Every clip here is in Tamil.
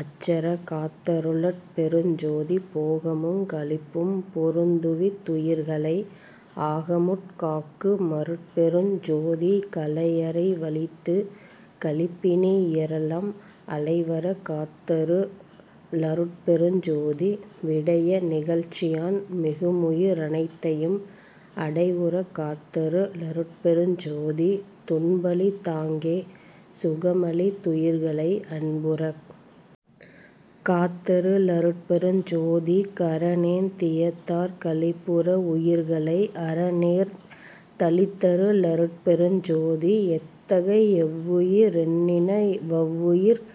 அச்சறக் காத்தரு ளருட்பெருஞ் ஜோதி போகமுங் களிப்பும் பொருந்துவித் துயிர்களை ஆகமுட் காக்கு மருட்பெருஞ் ஜோதி கலையறி வளித்துக் களிப்பினி யிரெலாம் அலைவறக் காத்தரு ளருட்பெருஞ் ஜோதி விடய நிகழ்ச்சியான் மிகுமுயி ரனைத்தையும் அடைவுறக் காத்தரு ளருட்பெருஞ் ஜோதி துன்பளித் தாங்கே சுகமளித் துயிர்களை அன்புறக் காத்தரு ளருட்பெருஞ் ஜோதி கரணேந் தியத்தாற் களிப்புற வுயிர்களை அரணேர்ந் தளித்தரு ளருட்பெருஞ் ஜோதி எத்தகை யெவ்வுயி ரெண்ணின வவ்வுயிர்க்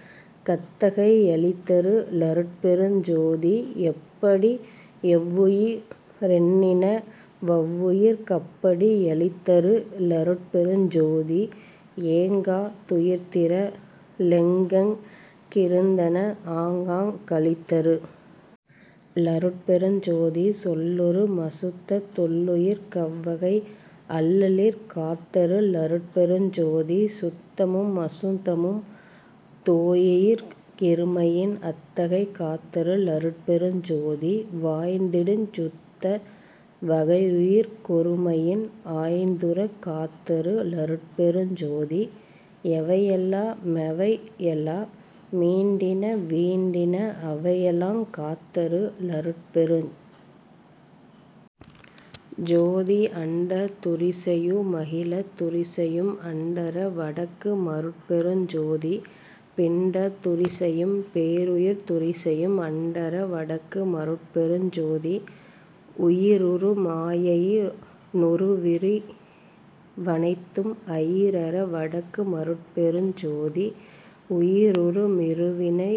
கத்தகை யளித்தரு ளருட்பெருஞ் ஜோதி எப்படி யெவ்வுயி ரெண்ணின வவ்வுயிர்க் கப்படி யளித்தரு ளருட்பெருஞ் ஜோதி ஏங்கா துயிர்த்திர ளெங்கெங் கிருந்தன ஆங்காங் களித்தரு ளருட்பெருஞ் ஜோதி சொல்லுறு மசுத்தத் தொல்லுயிர்க் கவ்வகை அல்லலிற் காத்தரு ளருட்பெருஞ் ஜோதி சுத்தமு மசுத்தமுந் தோயுயிர்க் கிருமையின் அத்தகை காத்தரு ளருட்பெருஞ் ஜோதி வாய்ந்திடுஞ் சுத்த வகையுயிர்க் கொருமையின் ஆய்ந்துறக் காத்தரு ளருட்பெருஞ் ஜோதி எவையெலா மெவையெலா மீண்டின வீண்டின அவையெலாங் காத்தரு ளருட்பெருஞ் ஜோதி அண்டத் துரிசையு மகிலத் துரிசையும் அண்டற வடக்கு மருட்பெருஞ் ஜோதி பிண்டத் துரிசையும் பேருயிர்த் துரிசையும் அண்டற வடக்கு மருட்பெருஞ் ஜோதி உயிருறு மாயையி னுறுவிரி வனைத்தும் அயிரற வடக்கு மருட்பெருஞ் ஜோதி உயிருறு மிருவினை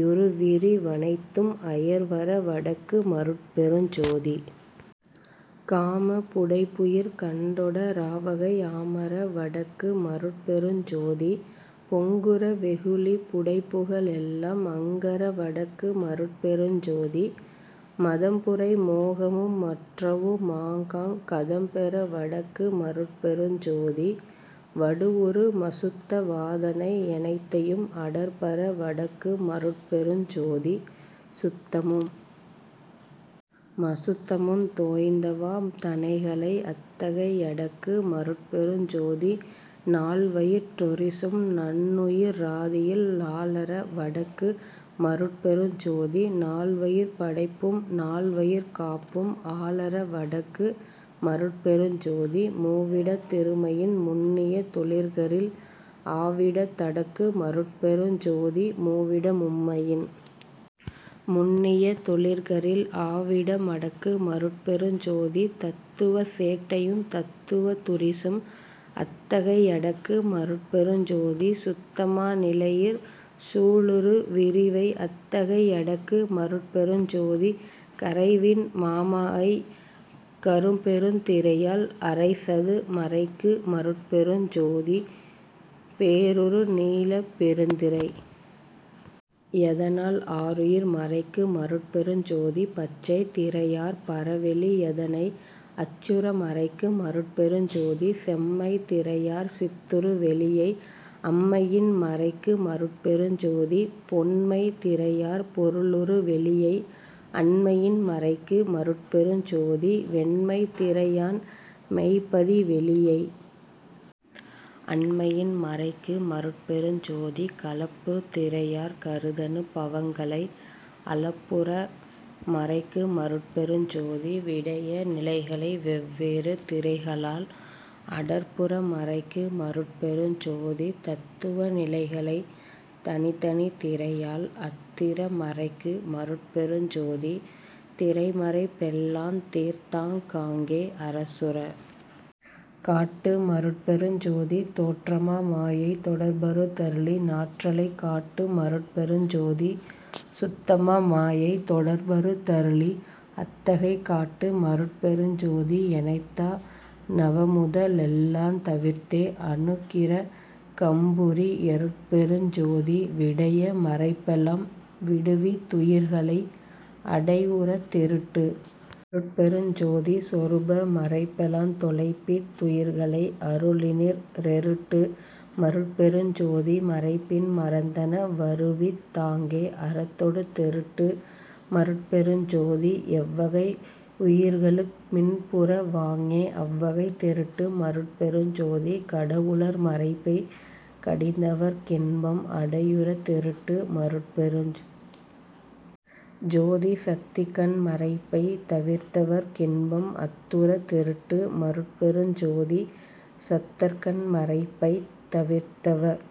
யுறுவிரி வனைத்தும் அயர்வற வடக்கு மருட்பெருஞ் ஜோதி காமப் புடைப்புயிர் கண்டொட ராவகை ஆமற வடக்கு மருட்பெருஞ் ஜோதி பொங்குற வெகுளிப் புடைப்புக ளெல்லாம் அங்கற வடக்கு மருட்பெருஞ் ஜோதி மதம்புரை மோகமு மற்றவு மாங்காங் கதம்பெற வடக்கு மருட்பெருஞ் ஜோதி வடுவுறு மசுத்த வாதனை யனைத்தையும் அடர்பற வடக்கு மருட்பெருஞ் ஜோதி சுத்தமு மசுத்தமுந் தோய்ந்தவா தனைகளை அத்தகை யடக்கு மருட்பெருஞ் ஜோதி நால்வயிற் றுரிசும் நண்ணுயி ராதியில் ஆலற வடக்கு மருட்பெருஞ் ஜோதி நால்வயிற் படைப்பு நால்வயிற் காப்பும் ஆலற வடக்கு மருட்பெருஞ் ஜோதி மூவிடத் திருமையின் முன்னிய தொழிற்கரில் ஆவிடத் தடக்கு மருட்பெருஞ் ஜோதி மூவிட மும்மையின் முன்னிய தொழிற்கரில் ஆவிட மடக்கு மருட்பெருஞ் ஜோதி தத்துவச் சேட்டையுந் தத்துவத் துரிசும் அத்தகை யடக்கு மருட்பெருஞ் ஜோதி சுத்தமா நிலையிற் சூழுறு விரிவை அத்தகை யடக்கு மருட்பெருஞ் ஜோதி கரைவின் மாமாயைக் கரும்பெருந் திரையால் அரைசது மறைக்கு மருட்பெருஞ் ஜோதி பேருறு நீலப் பெருந்திரை யதனால் ஆருயிர் மறைக்கு மருட்பெருஞ் ஜோதி பச்சைத் திரையாற் பரவெளி யதனை அச்சுற மறைக்கு மருட்பெருஞ் ஜோதி செம்மைத் திரையாற் சித்துறு வெளியை அம்மையின் மறைக்கு மருட்பெருஞ் ஜோதி பொன்மைத் திரையாற் பொருளுறு வெளியை அண்மையின் மறைக்கு மருட்பெருஞ் ஜோதி வெண்மைத் திரையான் மெய்ப்பதி வெளியை அண்மையின் மறைக்கு மருட்பெருஞ் ஜோதி கலப்புத் திறையாற் கருதனு பவங்களை அலப்புற மறைக்கு மருட்பெருஞ் ஜோதி விடய நிலைகளை வெவ்வேறு திரைகளால் அடர்புற மறைக்கு மருட்பெருஞ் ஜோதி தத்துவ நிலைகளைத் தனித்தனித் திரையால் அத்திற மறைக்கு மருட்பெருஞ் ஜோதி திரைமறைப் பெல்லாந் தீர்த்தாங் காங்கே அரசுறக் காட்டு மருட்பெருஞ் ஜோதி தோற்றமா மாயைத் தொடர்பறுத் தருளி னாற்றலைக் காட்டு மருட்பெருஞ் ஜோதி சுத்தமா மாயைத் தொடர்பறுத் தருளி அத்தகை காட்டு மருட்பெருஞ் ஜோதி எனைத்தா ணவமுத லெல்லாந் தவிர்த்தே அனுக்கிர கம்புரி யருட்பெருஞ் ஜோதி விடய மறைப்பெலாம் விடுவித் துயிர்களை அடைவுறத் தெருட்டு மருட்பெருஞ் ஜோதி சொருப மறைப்பெலாந் தொலைப்பித் துயிர்களை அருளினிற் றெருட்டு மருட்பெருஞ் ஜோதி மறைப்பின் மறந்தன வருவித் தாங்கே அறத்தொடு தெருட்டு மருட்பெருஞ் ஜோதி எவ்வகை யுயிர்களு மின்புற வாங்கே அவ்வகை தெருட்டு மருட்பெருஞ் ஜோதி கடவுளர் மறைப்பைக் கடிந்தவர்க் கின்பம் அடையுறத் தெருட்டு மருட்பெருஞ் ஜோதி சத்திகண் மறைப்பைத் தவிர்த்தவர்க் கின்பம் அத்துறத் தெருட்டு மருட்பெருஞ் ஜோதி சத்தர்கண் மறைப்பைத் தவிர்த்தவர்க்